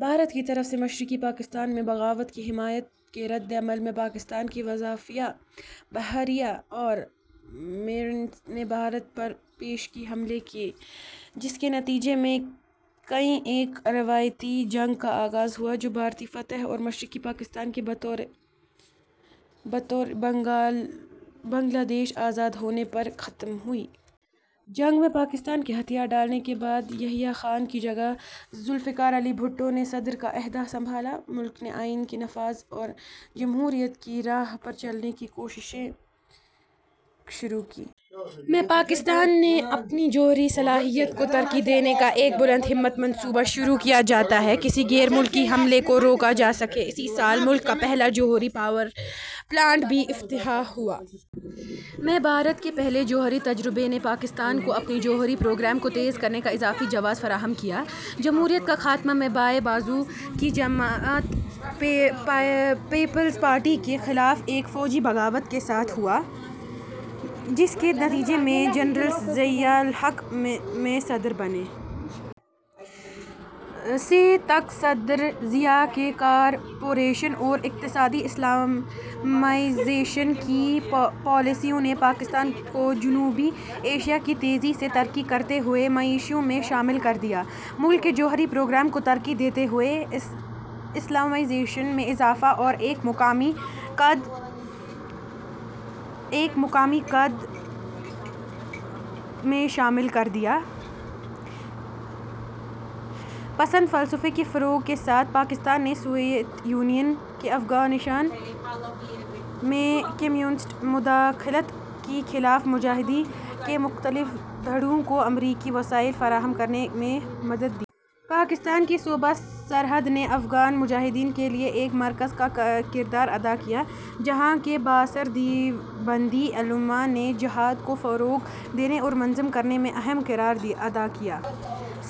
بھارت کی طرف سے مشرقی پاکستان میں بغاوت کی حمایت کے رد عمل میں، پاکستان کی فضائیہ، بحریہ اور میرینز نے بھارت پر پیشگی حملے کیے، جس کے نتیجے میں کی ایک روایتی جنگ کا آغاز ہوا جو بھارتی فتح اور مشرقی پاکستان کے بطور بنگلہ دیش آزاد ہونے پر ختم ہوئی۔ جنگ میں پاکستان کے ہتھیار ڈالنے کے بعد یحییٰ خان کی جگہ ذو الفقار علی بھٹو نے صدر کا عہدہ سنبھالا؛ ملک نے آئین کے نفاذ اور جمہوریت کی راہ پر چلنے کی کوششیں شروع کیں۔ میں پاکستان نے اپنی جوہری صلاحیت کو ترقی دینے کا ایک بلند ہمت منصوبہ شروع کیا تاکہ کسی غیر ملکی حملے کو روکا جا سکے؛ اسی سال ملک کا پہلا جوہری پاور پلانٹ بھی افتتاح ہوا۔ میں بھارت کے پہلے جوہری تجربے نے پاکستان کو اپنے جوہری پروگرام کو تیز کرنے کا اضافی جواز فراہم کیا۔ جمہوریت کا خاتمہ میں بائیں بازو کی جماعت پیپلز پارٹی کے خلاف ایک فوجی بغاوت کے ساتھ ہوا، جس کے نتیجے میں جنرل ضیاء الحق میں صدر بنے۔ سے تک صدر ضیاء کی کارپوریشن اور اقتصادی اسلامائزیشن کی پالیسیوں نے پاکستان کو جنوبی ایشیا کی تیزی سے ترقی کرتی ہوئی معیشتوں میں شامل کر دیا۔ ملک کے جوہری پروگرام کو ترقی دیتے ہوئے، اسلامائزیشن میں اضافہ اور ایک مقامی قدامت پسند فلسفے کے فروغ کے ساتھ، پاکستان نے سوویت یونین کی افغانستان میں کمیونسٹ مداخلت کے خلاف مجاہدین کے مختلف دھڑوں کو امریکی وسائل فراہم کرنے میں مدد دی۔ پاکستان کے صوبہ سرحد نے افغان مجاہدین کے لیے ایک مرکز کا کردار ادا کیا، جہاں کے بااثر دیوبندی علما نے 'جہاد' کو فروغ دینے اور منظم کرنے میں اہم کردار ادا کیا۔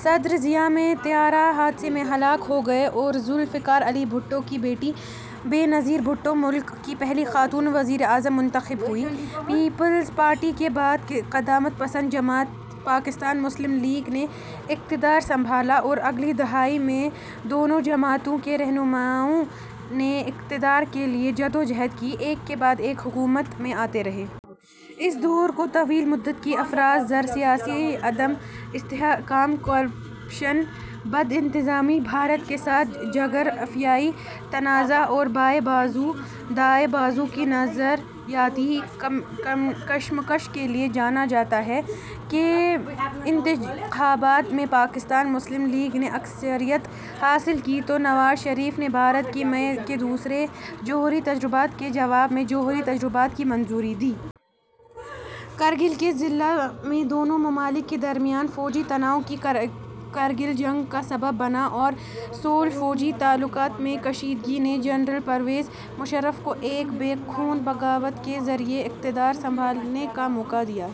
صدر ضیاء میں طیارہ حادثے میں ہلاک ہو گئے اور ذو الفقار علی بھٹو کی بیٹی بے نظیر بھٹو ملک کی پہلی خاتون وزیر اعظم منتخب ہوئیں۔ پیپلز پارٹی کے بعد قدامت پسند جماعت پاکستان مسلم لیگ نے اقتدار سنبھالا اور اگلی دہائی میں دونوں جماعتوں کے رہنماؤں نے اقتدار کے لیے جدوجہد کی، ایک کے بعد ایک حکومت میں آتے رہے۔ اس دور کو طویل مدت کی افراط زر، سیاسی عدم استحکام، کرپشن، بدانتظامی، بھارت کے ساتھ جغرافیائی تنازع اور بائیں بازو-دائیں بازو کی نظریاتی کشمکش کے لیے جانا جاتا ہے۔ کے انتخابات میں پاکستان مسلم لیگ نے اکثریت حاصل کی تو نواز شریف نے بھارت کے مئی کے دوسرے جوہری تجربات کے جواب میں جوہری تجربات کی منظوری دی۔ کارگل کے ضلع میں دونوں ممالک کے درمیان فوجی تناؤ کی کارگل جنگ کا سبب بنا اور سول-فوجی تعلقات میں کشیدگی نے جنرل پرویز مشرف کو ایک بے خون بغاوت کے ذریعے اقتدار سنبھالنے کا موقع دیا۔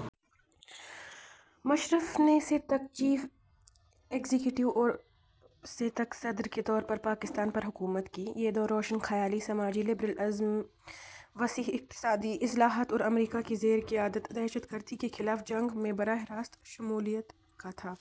مشرف نے سے تک چیف ایگزیکٹو اور سے تک صدر کے طور پر پاکستان پر حکومت کی—یہ دور روشن خیالی، سماجی لبرل ازم، وسیع اقتصادی اصلاحات اور امریکا کی زیر قیادت دہشت گردی کے خلاف جنگ میں براہ راست شمولیت کا تھا۔